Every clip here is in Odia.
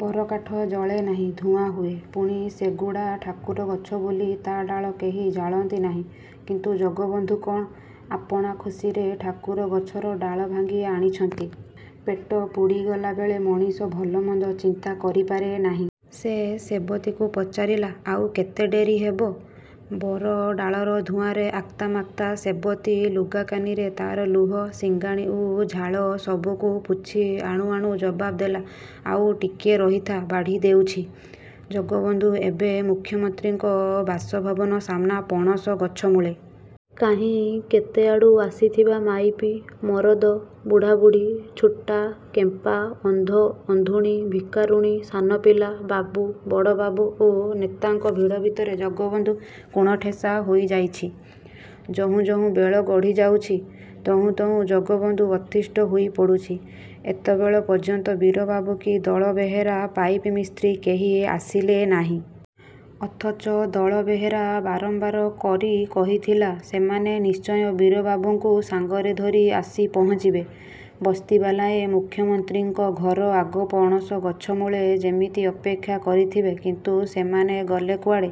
ବରକାଠ ଜଳେ ନାହିଁ, ଧୂଆଁ ହୁଏ। ପୁଣି ସେଗୁଡ଼ା ଠାକୁର ଗଛ ବୋଲି ତା' ଡାଳ କେହି ଜାଳନ୍ତି ନାହିଁ। କିନ୍ତୁ ଜଗବନ୍ଧୁ କଣ? ଆପଣା ଖୁସିରେ ଠାକୁର ଗଛର ଡାଳ ଭାଙ୍ଗି ଆଣିଛନ୍ତି! ପେଟ ପୋଡ଼ିଗଲା ବେଳେ ମଣିଷ ଭଲମନ୍ଦ ଚିନ୍ତା କରିପାରେ ନାହିଁ। ସେ ସେବତୀକୁ ପଚାରିଲା, "ଆଉ କେତେ ଡେରି ହେବ?"ବରଡାଳର ଧୂଆଁରେ ଆକ୍ତାମାକ୍ତା ସେବତୀ ଲୁଗାକାନିରେ ତା'ର ଲୁହ, ସିଂଘାଣି ଓ ଝାଳ ସବୁକୁ ପୋଛି ଆଣୁ ଆଣୁ ଜବାବ ଦେଲା, "ଆଉ ଟିକିଏ ରହିଥା, ବାଢ଼ି ଦେଉଛି।"ଜଗବନ୍ଧୁ ଏବେ ମୁଖ୍ୟମନ୍ତ୍ରୀଙ୍କ ବାସଭବନ ସାମ୍ନା ପଣସ ଗଛମୂଳେ। କାହିଁ କେତେଆଡ଼ୁ ଆସିଥିବା ମାଇପି, ମରଦ, ବୁଢ଼ାବୁଢ଼ୀ, ଛୋଟା, କେମ୍ପା, ଅନ୍ଧ, ଅନ୍ଧୁଣୀ, ଭିକାରୁଣୀ, ସାନପିଲା, ବାବୁ, ବଡ଼ବାବୁ ଓ ନେତାଙ୍କ ଭିଡ଼ ଭିତରେ ଜଗବନ୍ଧୁ କୋଣଠେସା ହୋଇଯାଇଛି। ଯହୁଁ ଯହୁଁ ବେଳ ଗଡ଼ି ଯାଉଛି, ତହୁଁ ତହୁଁ ଜଗବନ୍ଧୁ ଅତିଷ୍ଠ ହୋଇପଡ଼ୁଛି। ଏତେବେଳ ପର୍ଯ୍ୟନ୍ତ ବୀରବାବୁ କି ଦଳବେହେରା ପାଇପ୍ ମିସ୍ତ୍ରୀ କେହି ଆସିଲେ ନାହିଁ। ଅଥଚ ଦଳବେହେରା ବାରମ୍ବାର କରି କହିଥିଲା, ସେମାନେ ନିଶ୍ଚୟ ବୀରବାବୁଙ୍କୁ ସାଙ୍ଗରେ ଧରି ଆସି ପହଞ୍ଚିବେ। ବସ୍ତିବାଲାଏ ମୁଖ୍ୟମନ୍ତ୍ରୀଙ୍କ ଘର ଆଗ ପଣସ ଗଛମୂଳେ ଯେମିତି ଅପେକ୍ଷା କରିଥିବେ କିନ୍ତୁ ସେମାନେ ଗଲେ କୁଆଡ଼େ?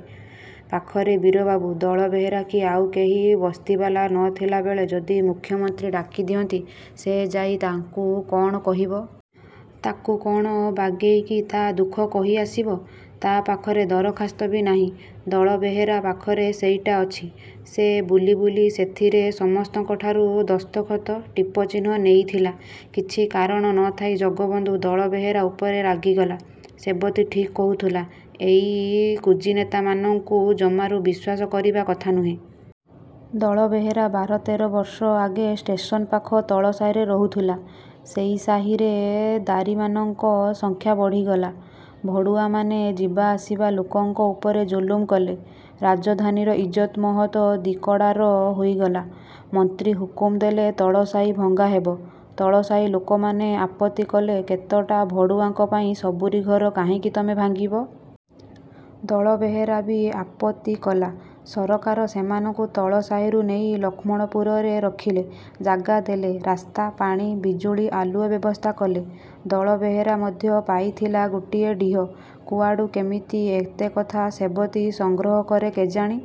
ପାଖରେ ବୀରବାବୁ, ଦଳବେହେରା କି ଆଉ କେହି ବସ୍ତିବାଲା ନଥିଲାବେଳେ ଯଦି ମୁଖ୍ୟମନ୍ତ୍ରୀ ଡାକିଦିଅନ୍ତି, ସେ ଯାଇ ତାଙ୍କୁ କ'ଣ କହିବ? ତାକୁ କ'ଣ ବାଗେଇକି ତା' ଦୁଃଖ କହି ଆସିବ? ତା' ପାଖରେ ଦରଖାସ୍ତ ବି ନାହିଁ। ଦଳବେହେରା ପାଖରେ ସେଇଟା ଅଛି। ସେ ବୁଲି ବୁଲି ସେଥିରେ ସମସ୍ତଙ୍କଠାରୁ ଦସ୍ତଖତ, ଟିପଚିହ୍ନ ନେଇଥିଲା। କିଛି କାରଣ ନଥାଇ ଜଗବନ୍ଧୁ ଦଳବେହେରା ଉପରେ ରାଗିଗଲା। ସେବତୀ ଠିକ୍ କହୁଥିଲା, ଏଇ କୁଜିନେତାମାନଙ୍କୁ ଜମାରୁ ବିଶ୍ୱାସ କରିବା କଥା ନୁହେଁ। ଦଳବେହେରା ବାର-ତେର ବର୍ଷ ଆଗେ ଷ୍ଟେସନ୍ ପାଖ ତଳସାହିରେ ରହୁଥିଲା। ସେଇ ସାହିରେ ଦାରୀମାନଙ୍କ ସଂଖ୍ୟା ବଢ଼ିଗଲା। ଭଡ଼ୁଆମାନେ ଯିବାଆସିବା ଲୋକଙ୍କ ଉପରେ ଜୁଲୁମ କଲେ। ରାଜଧାନୀର ଇଜ୍ଜତ ମହତ ଦିକଡ଼ାର ହୋଇଗଲା। ମନ୍ତ୍ରୀ ହୁକୁମ ଦେଲେ, ତଳସାହି ଭଙ୍ଗା ହେବ। ତଳସାହି ଲୋକମାନେ ଆପତ୍ତି କଲେ, କେତେଟା ଭଡ଼ୁଆଙ୍କ ପାଇଁ ସବୁରି ଘର କାହିଁକି ତମେ ଭାଙ୍ଗିବ? ଦଳବେହେରା ବି ଆପତ୍ତି କଲା। ସରକାର ସେମାନଙ୍କୁ ତଳସାହିରୁ ନେଇ ଲକ୍ଷ୍ମଣପୁରରେ ରଖିଲେ। ଜାଗା ଦେଲେ, ରାସ୍ତା, ପାଣି, ବିଜୁଳି ଆଲୁଅ ବ୍ୟବସ୍ଥା କଲେ। ଦଳବେହେରା ମଧ୍ୟ ପାଇଥିଲା ଗୋଟାଏ ଡିହ। କୁଆଡ଼ୁ କେମିତି ଏତେକଥା ସେବତୀ ସଂଗ୍ରହ କରେ କେଜାଣି!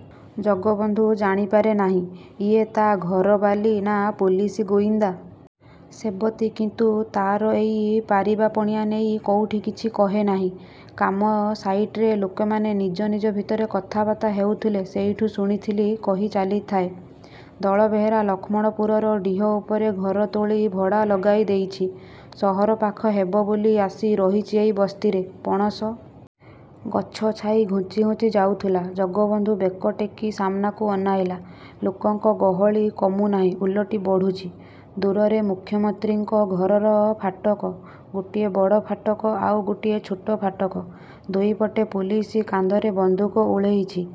ଜଗବନ୍ଧୁ ଜାଣିପାରେ ନାହିଁ। ଇଏ ତା' ଘରବାଲୀ ନା ପୁଲିସ ଗୁଇନ୍ଦା? ସେବତୀ କିନ୍ତୁ ତା'ର ଏଇ ପାରିବାପଣିଆ ନେଇ କୋଉଠି କିଛି କହେ ନାହିଁ। "କାମ ସାଇଟ୍‌ରେ ଲୋକମାନେ ନିଜ ନିଜ ଭିତରେ କଥାବାର୍ତ୍ତା ହେଉଥିଲେ, ସେଇଠୁ ଶୁଣିଥିଲି" କହି ଚାଲିଥାଏ। ଦଳବେହେରା ଲକ୍ଷ୍ମଣପୁରର ଡିହ ଉପରେ ଘର ତୋଳି ଭଡ଼ା ଲଗାଇଦେଇଛି। ସହର ପାଖ ହେବ ବୋଲି ଆସି ରହିଛି ଏଇ ବସ୍ତିରେ। ପଣସ ଗଛ ଛାଇ ଘୁଞ୍ଚି ଘୁଞ୍ଚି ଯାଉଥିଲା। ଜଗବନ୍ଧୁ ବେକ ଟେକି ସାମ୍ନାକୁ ଅନାଇଲା। ଲୋକଙ୍କ ଗହଳି କମୁନାହିଁ, ଓଲଟି ବଢ଼ୁଛି। ଦୂରରେ ମୁଖ୍ୟମନ୍ତ୍ରୀଙ୍କ ଘରର ଫାଟକ। ଗୋଟିଏ ବଡ଼ ଫାଟକ, ଆଉ ଗୋଟିଏ ଛୋଟ ଫାଟକ। ଦୁଇପଟେ ପୁଲିସ, କାନ୍ଧରେ ବନ୍ଧୁକ ଓହଳିଛି।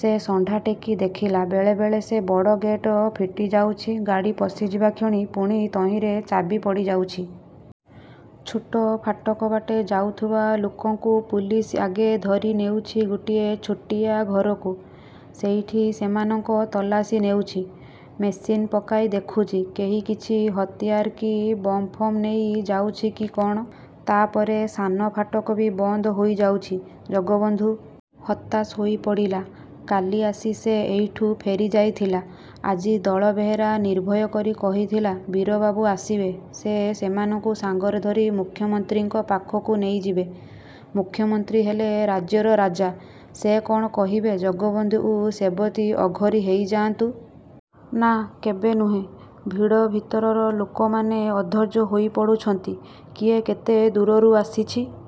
ସେ ଶଣ୍ଢା ଟେକି ଦେଖିଲା, ବେଳେ ବେଳେ ସେ ବଡ଼ ଗେଟ୍ ଫିଟିଯାଉଛି; ଗାଡ଼ି ପଶିଯିବା କ୍ଷଣି ପୁଣି ତହିଁରେ ଚାବି ପଡ଼ିଯାଉଛି। ଛୋଟ ଫାଟକ ବାଟେ ଯାଉଥିବା ଲୋକଙ୍କୁ ପୁଲିସ ଆଗେ ଧରିନେଉଛି ଗୋଟିଏ ଛୋଟିଆ ଘରକୁ। ସେଇଠି ସେମାନଙ୍କ ତଲାସି ନେଉଛି। ମେସିନ୍ ପକାଇ ଦେଖୁଛି, କେହି କିଛି ହତିଆର କି ବମ୍-ଫମ୍ ନେଇ ଯାଉଛି କି କ'ଣ! ତା'ପରେ ସାନ ଫାଟକ ବି ବନ୍ଦ ହୋଇଯାଉଛି। ଜଗବନ୍ଧୁ ହତାଶ ହୋଇପଡ଼ିଲା। କାଲି ଆସି ସେ ଏଇଠୁ ଫେରିଯାଇଥିଲା। ଆଜି ଦଳବେହେରା ନିର୍ଭୟ କରି କହିଥିଲା, ବୀରବାବୁ ଆସିବେ; ସେ ସେମାନଙ୍କୁ ସାଙ୍ଗରେ ଧରି ମୁଖ୍ୟମନ୍ତ୍ରୀଙ୍କ ପାଖକୁ ନେଇଯିବେ। ମୁଖ୍ୟମନ୍ତ୍ରୀ ହେଲେ ରାଜ୍ୟର ରାଜା। ସେ କ'ଣ କହିବେ ଜଗବନ୍ଧୁ ଓ ସେବତୀ ଅଘରୀ ହୋଇଯାଆନ୍ତୁ? ନା, କେବେ ନୁହେଁ। ଭିଡ଼ ଭିତରର ଲୋକମାନେ ଅଧୈର୍ଯ୍ୟ ହୋଇପଡ଼ୁଛନ୍ତି। କିଏ କେତେ ଦୂରରୁ ଆସିଛି।